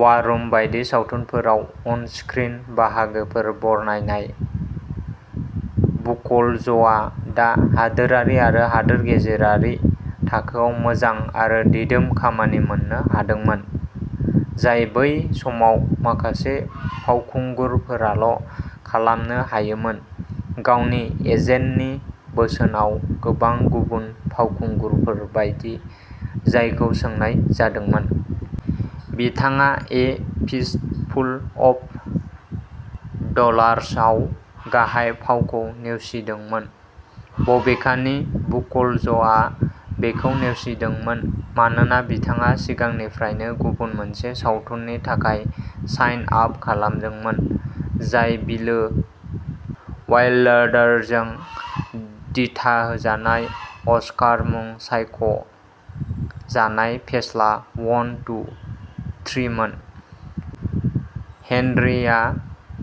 वारुम बायदि सावथुनफोराव on screen बाहागोफोर बरनायनाय। बुख'ल्ज'आ दा हादोरारि आरो हादोर गेजेरारि थाखोआव मोजां आरो दिदोम खामानि मोननो हादोंमोन। जाय बै समाव माखासे फावखुंगुरफोराल' खालामनो हायोमोन। गावनि एजेन्टनि बोसोनआव गोबां गुबुन फावखुंगुरफोर बायदि जायखौ सोंनाय जादोंमोन। बिथाङा ए फिस्टफुल अफ डलार्सआव गाहाय फावखौ नेवसिदोंमोन। बबेखानि बुख'ल्ज'आ बेखौ नेवसिदोंमोन। मानोना बिथाङा सिगांनिफ्रायनो गुबुन मोनसे सावथुननि थाखाय साइन आप खालामदोंमोन। जाय बिलो वाइलाडारजों दिथाहोजानाय अस्कार मुं सायख'जानाय फेस्ला वन, टु, थ्रीमोन। हेनरीआ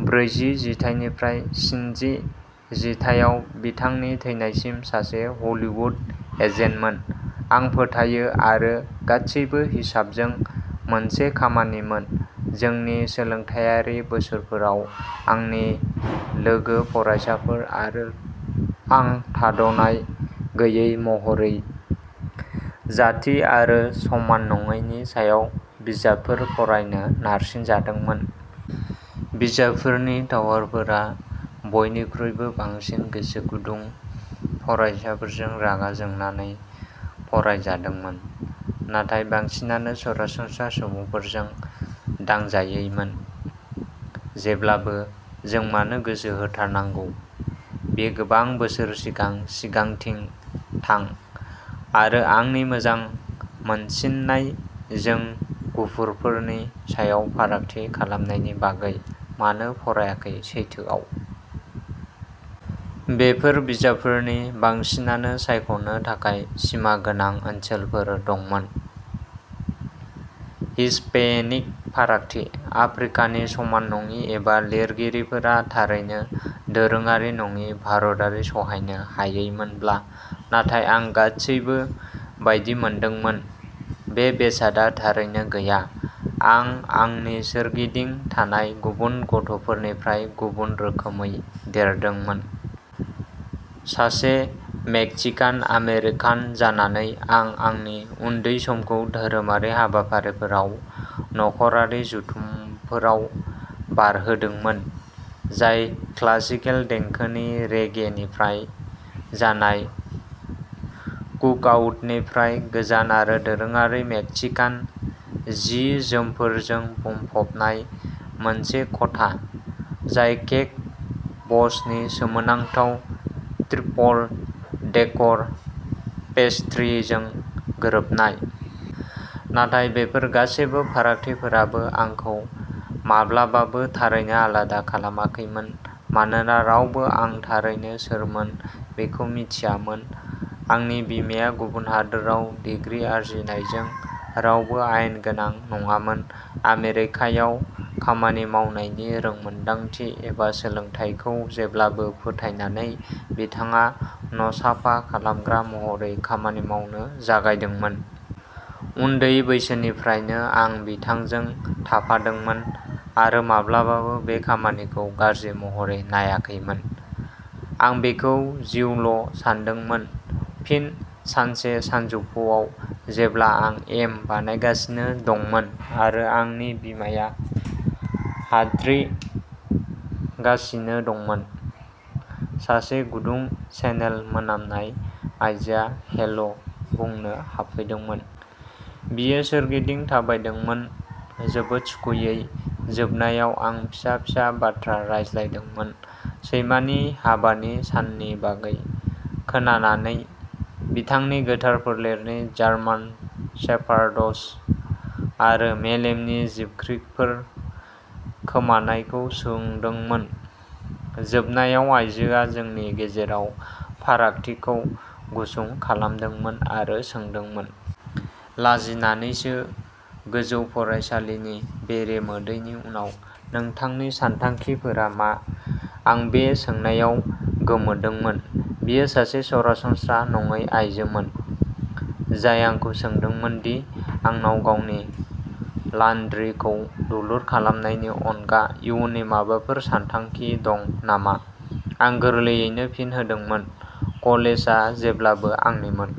ब्रैजि जिथाइनिफ्राय सिनजि जिथाइआव बिथांनि थैनायसिम सासे हलीवुड एजेन्टमोन। आं फोथायो आरो गादसैबो हिसाबजों मोनसे खामानिमोन। जोंनि सोलोंथायारि बोसोरफोराव आंनि लोगो फरायसाफोर आरो आं थाद'नाय गैयै महरै जाथि आरो समान नङैनि सायाव बिजाबफोर फरायनो नारसिनजादोंमोन। बिजाबफोरनि टावारफोरा बयनिख्रुइबो बांसिन गोसोगुदुं फरायसाफोरजों रागा जोंनानै फरायजादोंमोन। नाथाय बांसिनानो सरासनस्रा सुबुंफोरजों दांजायैमोन। जेब्लाबो जों मानो गोसो होथारनांगौ। बेयो गोबां बोसोर सिगां सिगांथिं थां आरो आंनि मोजां मोनसिननाय जों गुफुरफोरनि सायाव फारागथि खालामनायनि बागै मानो फरायाखै सैथोआव। बेफोर बिजाबफोरनि बांसिनानो सायख'नो थाखाय सिमा गोनां ओनसोलफोर दंमोन। हिस्पेनिक फारागथि, आफ्रिकानि समान नङि एबा लिरगिरिफोरा थारैनो दोरोङारि नङि भारतारि सहायनो हायैमोनब्ला। नाथाय आं गासैबो बायदि मोनदोंमोन। बे बेसादआ थारैनो गैया। आं आंनि सोरगिदिं थानाय गुबुन गथ'फोरनिफ्राय गुबुन रोखोमै देरदोंमोन। सासे मेक्सिकान आमेरिकान जानानै आं आंनि उन्दै समखौ धोरोमारि हाबाफारिफोराव नखरारि जथुमफोराव बारहोदोंमोन। जाय क्लासिकेल देंखोनि रेगेनिफ्राय जानाय कुकआउटनिफ्राय गोजान आरो दोरोङारि मेक्सिकान जि-जोमफोरजों बुंफबनाय मोनसे खथा। जाय केक बसनि सोमोनांथाव ट्रिपल-डेकर पेस्ट्रीजों गोरोबनाय। नाथाय बेफोर गासैबो फारागथिफोराबो आंखौ माब्लाबाबो थारैनो आलादा खालामाखैमोन। मानोना रावबो आं थारैनो सोरमोन बेखौ मिथियामोन। आंनि बिमाया गुबुन हादोराव डिग्री आरजिनायजों रावबो आयेन गोनां नङामोन। आमेरिकायाव खामानि मावनायनि रोंमोनदांथि एबा सोलोंथाइखौ जेब्लाबो फोथायनानै बिथाङा न' साफा खालामग्रा महरै खामानि मावनो जागायदोंमोन। उन्दै बैसोनिफ्रायनो आं बिथांजों थाफादोंमोन आरो माब्लाबाबो बे खामानिखौ गाज्रि महरै नायाखैमोन। आं बेखौ जिउल' सानदोंमोन। फिन सानसे सानजौफुआव जेब्ला आं एम बानायगासिनो दंमोन आरो आंनि बिमाया हाद्रिगासिनो दंमोन। सासे गुदुं चेनेल मोनामनाय आयजोआ हेल' बुंनो हाबफैदोंमोन। बियो सोरगिदिं थाबायदोंमोन। जोबोद सुखुयै जोबनायाव आं फिसा-फिसा बाथ्रा रायज्लायदोंमोन। सैमानि हाबानि साननि बागै खोनानानै बिथांनि गोथार फोलेरनि जार्मान सेफारडस आरो मेलेमनि जिबख्रिफोर खोमानायखौ सोंदोंमोन। जोबनायाव आइजोआ जोंनि गेजेराव फारागथिखौ गुसुं खालामदोंमोन आरो सोंदोंमोन। लाजिनानैसो गोजौ फरायसालिनि बेरे मोदैनि उनाव नोंथांनि सानथांखिफोरा मा? आं बे सोंनायाव गोमोदोंमोन। बियो सासे सरासनस्रा नङै आइजोमोन। जाय आंखौ सोंदोंमोन दि आंनाव गावनि लानड्रिखौ दुलुर खालामनायनि अनगा इयुननि माबाफोर सानथांखि दं नामा। आं गोरलैयैनो फिन होदोंमोन। कलेजआ जेब्लाबो आंनिमोन।